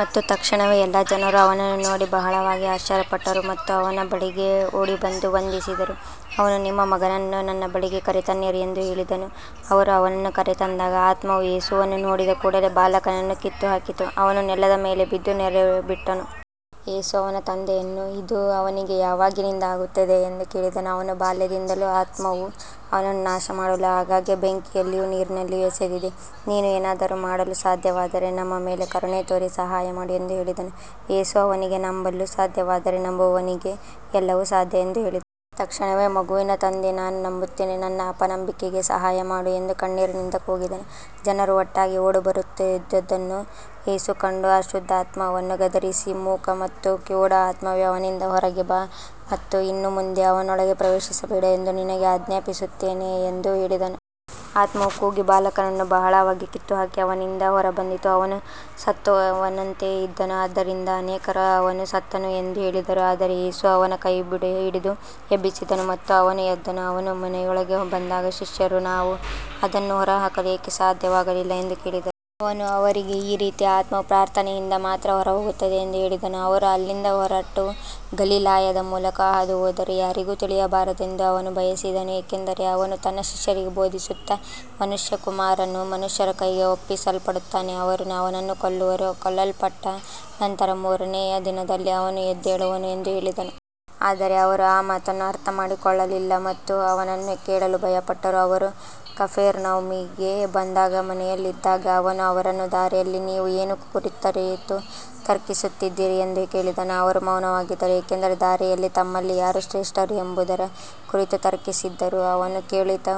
ಮತ್ತು ತಕ್ಷಣವೇ ಎಲ್ಲಾ ಜನರು ಅವನನ್ನು ನೋಡಿ ಬಹಳವಾಗಿ ಆಶ್ಚರ್ಯಪಟ್ಟರು ಮತ್ತು ಅವನ ಬಳಿಗೆ ಓಡಿಬಂದು ವಂದಿಸಿದರು. ಅವನು, ನಿಮ್ಮ ಮಗನನ್ನು ನನ್ನ ಬಳಿಗೆ ಕರೆತನ್ನಿರಿ ಎಂದು ಹೇಳಿದನು. ಅವರು ಅವನನ್ನು ಕರೆತಂದಾಗ ಆತ್ಮವು ಯೇಸುವನ್ನು ನೋಡಿದ ಕೂಡಲೆ ಬಾಲಕನನ್ನು ಕಿತ್ತುಹಾಕಿತು. ಅವನು ನೆಲದ ಮೇಲೆ ಬಿದ್ದು ನೊರೆಬಿಟ್ಟನು. ಯೇಸು ಅವನ ತಂದೆಯನ್ನು, ಇದು ಅವನಿಗೆ ಯಾವಾಗಿನಿಂದ ಆಗುತ್ತಿದೆ ಎಂದು ಕೇಳಿದನು. ಅವನು, ಬಾಲ್ಯದಿಂದಲೂ, ಆತ್ಮವು ಅವನನ್ನು ನಾಶಮಾಡಲು ಆಗಾಗ್ಗೆ ಬೆಂಕಿಯಲ್ಲಿಯೂ ನೀರಿನಲ್ಲಿಯೂ ಎಸೆದಿದೆ. ನೀನು ಏನಾದರೂ ಮಾಡಲು ಸಾಧ್ಯವಾದರೆ ನಮ್ಮ ಮೇಲೆ ಕರುಣೆ ತೋರಿ ಸಹಾಯಮಾಡು ಎಂದು ಹೇಳಿದನು. ಯೇಸು ಅವನಿಗೆ, ನಂಬಲು ಸಾಧ್ಯವಾದರೆ, ನಂಬುವವನಿಗೆ ಎಲ್ಲವೂ ಸಾಧ್ಯ ಎಂದು ಹೇಳಿದನು. ತಕ್ಷಣವೇ ಮಗುವಿನ ತಂದೆ, ನಾನು ನಂಬುತ್ತೇನೆ, ನನ್ನ ಅಪನಂಬಿಕೆಗೆ ಸಹಾಯಮಾಡು ಎಂದು ಕಣ್ಣೀರಿನಿಂದ ಕೂಗಿದನು. ಜನರು ಒಟ್ಟಾಗಿ ಓಡಿಬರುತ್ತಿರುವುದನ್ನು ಯೇಸು ಕಂಡು ಅಶುದ್ಧಾತ್ಮವನ್ನು ಗದರಿಸಿ, ಮೂಕ ಮತ್ತು ಕಿವುಡ ಆತ್ಮವೇ, ಅವನಿಂದ ಹೊರಗೆ ಬಾ ಮತ್ತು ಇನ್ನು ಮುಂದೆ ಅವನೊಳಗೆ ಪ್ರವೇಶಿಸಬೇಡ ಎಂದು ನಿನಗೆ ಆಜ್ಞಾಪಿಸುತ್ತೇನೆ ಎಂದು ಹೇಳಿದನು. ಆತ್ಮವು ಕೂಗಿ ಬಾಲಕನನ್ನು ಬಹಳವಾಗಿ ಕಿತ್ತುಹಾಕಿ ಅವನಿಂದ ಹೊರಬಂದಿತು. ಅವನು ಸತ್ತವನಂತೆ ಇದ್ದನು. ಆದ್ದರಿಂದ ಅನೇಕರು ಅವನು ಸತ್ತನು ಎಂದು ಹೇಳಿದರು. ಆದರೆ ಯೇಸು ಅವನ ಕೈಹಿಡಿದು ಎಬ್ಬಿಸಿದನು ಮತ್ತು ಅವನು ಎದ್ದನು. ಅವನು ಮನೆಯೊಳಗೆ ಬಂದಾಗ ಶಿಷ್ಯರು, ನಾವು ಅದನ್ನು ಹೊರಹಾಕಲು ಏಕೆ ಸಾಧ್ಯವಾಗಲಿಲ್ಲ ಎಂದು ಕೇಳಿದರು. ಅವನು ಅವರಿಗೆ, ಈ ರೀತಿಯ ಆತ್ಮವು ಪ್ರಾರ್ಥನೆಯಿಂದ ಮಾತ್ರ ಹೊರಹೋಗುತ್ತದೆ ಎಂದು ಹೇಳಿದನು. ಅವರು ಅಲ್ಲಿಂದ ಹೊರಟು ಗಲಿಲಾಯದ ಮೂಲಕ ಹಾದುಹೋದರು. ಯಾರಿಗೂ ತಿಳಿಯಬಾರದೆಂದು ಅವನು ಬಯಸಿದನು, ಏಕೆಂದರೆ ಅವನು ತನ್ನ ಶಿಷ್ಯರಿಗೆ ಬೋಧಿಸುತ್ತಾ, ಮನುಷ್ಯಕುಮಾರನು ಮನುಷ್ಯರ ಕೈಗೆ ಒಪ್ಪಿಸಲ್ಪಡುತ್ತಾನೆ, ಅವರು ಅವನನ್ನು ಕೊಲ್ಲುವರು, ಕೊಲ್ಲಲ್ಪಟ್ಟ ನಂತರ ಮೂರನೆಯ ದಿನದಲ್ಲಿ ಅವನು ಎದ್ದೇಳುವನು ಎಂದು ಹೇಳಿದನು. ಆದರೆ ಅವರು ಆ ಮಾತನ್ನು ಅರ್ಥಮಾಡಿಕೊಳ್ಳಲಿಲ್ಲ ಮತ್ತು ಅವನನ್ನು ಕೇಳಲು ಭಯಪಟ್ಟರು. ಅವರು ಕಫೆರ್ನೌಮಿಗೆ ಬಂದಾಗ ಮನೆಯಲ್ಲಿದ್ದಾಗ ಅವನು ಅವರನ್ನು, ದಾರಿಯಲ್ಲಿ ನೀವು ಏನು ಕುರಿತು ತರ್ಕಿಸುತ್ತಿದ್ದಿರಿ ಎಂದು ಕೇಳಿದನು. ಅವರು ಮೌನವಾಗಿದ್ದರು, ಏಕೆಂದರೆ ದಾರಿಯಲ್ಲಿ ತಮ್ಮಲ್ಲಿ ಯಾರು ಶ್ರೇಷ್ಠರು ಎಂಬುದರ ಕುರಿತು ತರ್ಕಿಸಿದ್ದರು. ಅವನು ಕುಳಿತು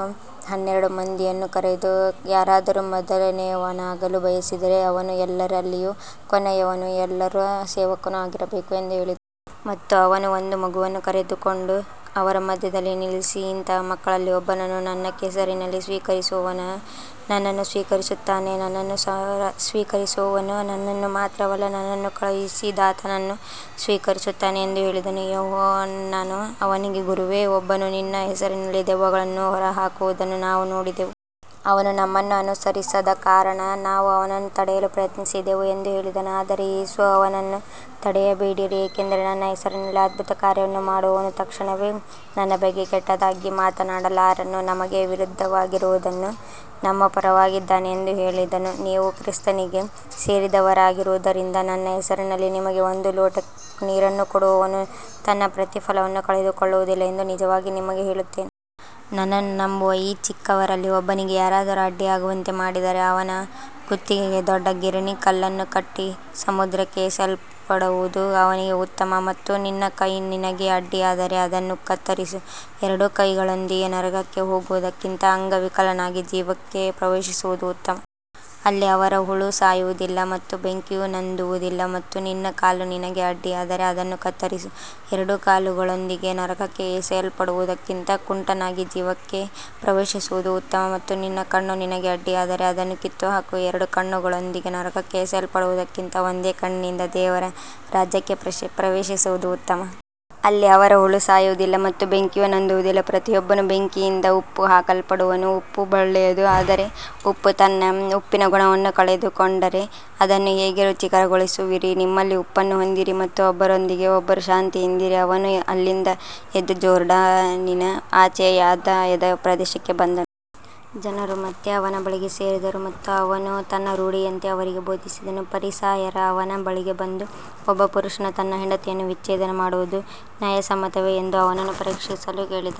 ಹನ್ನೆರಡು ಮಂದಿಯನ್ನು ಕರೆದು, ಯಾರಾದರೂ ಮೊದಲನೆಯವನಾಗಲು ಬಯಸಿದರೆ ಅವನು ಎಲ್ಲರಲ್ಲಿಯೂ ಕೊನೆಯವನೂ ಎಲ್ಲರ ಸೇವಕನೂ ಆಗಿರಬೇಕು ಎಂದು ಹೇಳಿದನು. ಮತ್ತು ಅವನು ಒಂದು ಮಗುವನ್ನು ಕರೆದುಕೊಂಡು ಅವರ ಮಧ್ಯದಲ್ಲಿ ನಿಲ್ಲಿಸಿ, ಇಂತಹ ಮಕ್ಕಳಲ್ಲಿ ಒಬ್ಬನನ್ನು ನನ್ನ ಹೆಸರಿನಲ್ಲಿ ಸ್ವೀಕರಿಸುವವನು ನನ್ನನ್ನು ಸ್ವೀಕರಿಸುತ್ತಾನೆ. ನನ್ನನ್ನು ಸ್ವೀಕರಿಸುವವನು ನನ್ನನ್ನು ಮಾತ್ರವಲ್ಲ, ನನ್ನನ್ನು ಕಳುಹಿಸಿದಾತನನ್ನೂ ಸ್ವೀಕರಿಸುತ್ತಾನೆ ಎಂದು ಹೇಳಿದನು. ಯೋಹಾನನು ಅವನಿಗೆ, ಗುರುವೇ, ಒಬ್ಬನು ನಿನ್ನ ಹೆಸರಿನಲ್ಲಿ ದೆವ್ವಗಳನ್ನು ಹೊರಹಾಕುವುದನ್ನು ನಾವು ನೋಡಿದೆವು. ಅವನು ನಮ್ಮನ್ನು ಅನುಸರಿಸದ ಕಾರಣ ನಾವು ಅವನನ್ನು ತಡೆಯಲು ಪ್ರಯತ್ನಿಸಿದೆವು ಎಂದು ಹೇಳಿದನು. ಆದರೆ ಯೇಸು, ಅವನನ್ನು ತಡೆಯಬೇಡಿರಿ, ಏಕೆಂದರೆ ನನ್ನ ಹೆಸರಿನಲ್ಲಿ ಅದ್ಭುತ ಕಾರ್ಯವನ್ನು ಮಾಡುವವನು ತಕ್ಷಣವೇ ನನ್ನ ಬಗ್ಗೆ ಕೆಟ್ಟದಾಗಿ ಮಾತನಾಡಲಾರನು. ನಮಗೆ ವಿರುದ್ಧವಾಗಿರದವನು ನಮ್ಮ ಪರವಾಗಿದ್ದಾನೆ ಎಂದು ಹೇಳಿದನು. ನೀವು ಕ್ರಿಸ್ತನಿಗೆ ಸೇರಿದವರಾಗಿರುವುದರಿಂದ ನನ್ನ ಹೆಸರಿನಲ್ಲಿ ನಿಮಗೆ ಒಂದು ಲೋಟ ನೀರನ್ನು ಕೊಡುವವನು ತನ್ನ ಪ್ರತಿಫಲವನ್ನು ಕಳೆದುಕೊಳ್ಳುವುದಿಲ್ಲ ಎಂದು ನಿಜವಾಗಿ ನಿಮಗೆ ಹೇಳುತ್ತೇನೆ. ನನ್ನನ್ನು ನಂಬುವ ಈ ಚಿಕ್ಕವರಲ್ಲಿ ಒಬ್ಬನಿಗೆ ಯಾರಾದರೂ ಅಡ್ಡಿಯಾಗುವಂತೆ ಮಾಡಿದರೆ, ಅವನ ಕುತ್ತಿಗೆಗೆ ದೊಡ್ಡ ಗಿರಣಿ ಕಲ್ಲನ್ನು ಕಟ್ಟಿ ಸಮುದ್ರಕ್ಕೆ ಎಸೆಯಲ್ಪಡುವುದು ಅವನಿಗೆ ಉತ್ತಮ. ಮತ್ತು ನಿನ್ನ ಕೈ ನಿನಗೆ ಅಡ್ಡಿಯಾದರೆ ಅದನ್ನು ಕತ್ತರಿಸು. ಎರಡು ಕೈಗಳೊಂದಿಗೆ ನರಕಕ್ಕೆ ಹೋಗುವುದಕ್ಕಿಂತ ಅಂಗವಿಕಲನಾಗಿ ಜೀವಕ್ಕೆ ಪ್ರವೇಶಿಸುವುದು ಉತ್ತಮ. ಅಲ್ಲಿ ಅವರ ಹುಳು ಸಾಯುವುದಿಲ್ಲ ಮತ್ತು ಬೆಂಕಿಯು ನಂದುವುದಿಲ್ಲ. ಮತ್ತು ನಿನ್ನ ಕಾಲು ನಿನಗೆ ಅಡ್ಡಿಯಾದರೆ ಅದನ್ನು ಕತ್ತರಿಸು. ಎರಡು ಕಾಲುಗಳೊಂದಿಗೆ ನರಕಕ್ಕೆ ಎಸೆಯಲ್ಪಡುವುದಕ್ಕಿಂತ ಕುಂಟನಾಗಿ ಜೀವಕ್ಕೆ ಪ್ರವೇಶಿಸುವುದು ಉತ್ತಮ. ಮತ್ತು ನಿನ್ನ ಕಣ್ಣು ನಿನಗೆ ಅಡ್ಡಿಯಾದರೆ ಅದನ್ನು ಕಿತ್ತುಹಾಕು. ಎರಡು ಕಣ್ಣುಗಳೊಂದಿಗೆ ನರಕಕ್ಕೆ ಎಸೆಯಲ್ಪಡುವುದಕ್ಕಿಂತ ಒಂದೇ ಕಣ್ಣಿನಿಂದ ದೇವರ ರಾಜ್ಯಕ್ಕೆ ಪ್ರವೇಶಿಸುವುದು ಉತ್ತಮ. ಅಲ್ಲಿ ಅವರ ಹುಳು ಸಾಯುವುದಿಲ್ಲ ಮತ್ತು ಬೆಂಕಿಯು ನಂದುವುದಿಲ್ಲ. ಪ್ರತಿಯೊಬ್ಬನೂ ಬೆಂಕಿಯಿಂದ ಉಪ್ಪು ಹಾಕಲ್ಪಡುವನು. ಉಪ್ಪು ಒಳ್ಳೆಯದು, ಆದರೆ ಉಪ್ಪು ತನ್ನ ಉಪ್ಪಿನ ಗುಣವನ್ನು ಕಳೆದುಕೊಂಡರೆ ಅದನ್ನು ಹೇಗೆ ರುಚಿಕರಗೊಳಿಸುವಿರಿ. ನಿಮ್ಮಲ್ಲಿ ಉಪ್ಪನ್ನು ಹೊಂದಿರಿ ಮತ್ತು ಒಬ್ಬರೊಂದಿಗೆ ಒಬ್ಬರು ಶಾಂತಿಯಿಂದಿರಿ. ಅವನು ಅಲ್ಲಿಂದ ಎದ್ದು ಜೋರ್ಡಾನಿನ ಆಚೆಯ ಯೂದಾಯದ ಪ್ರದೇಶಕ್ಕೆ ಬಂದನು. ಜನರು ಮತ್ತೆ ಅವನ ಬಳಿಗೆ ಸೇರಿದರು ಮತ್ತು ಅವನು ತನ್ನ ರೂಢಿಯಂತೆ ಅವರಿಗೆ ಬೋಧಿಸಿದನು. ಫರಿಸಾಯರು ಅವನ ಬಳಿಗೆ ಬಂದು, ಒಬ್ಬ ಪುರುಷನು ತನ್ನ ಹೆಂಡತಿಯನ್ನು ವಿಚ್ಛೇದನ ಮಾಡುವುದು ನ್ಯಾಯಸಮ್ಮತವೇ ಎಂದು ಅವನನ್ನು ಪರೀಕ್ಷಿಸಲು ಕೇಳಿದರು.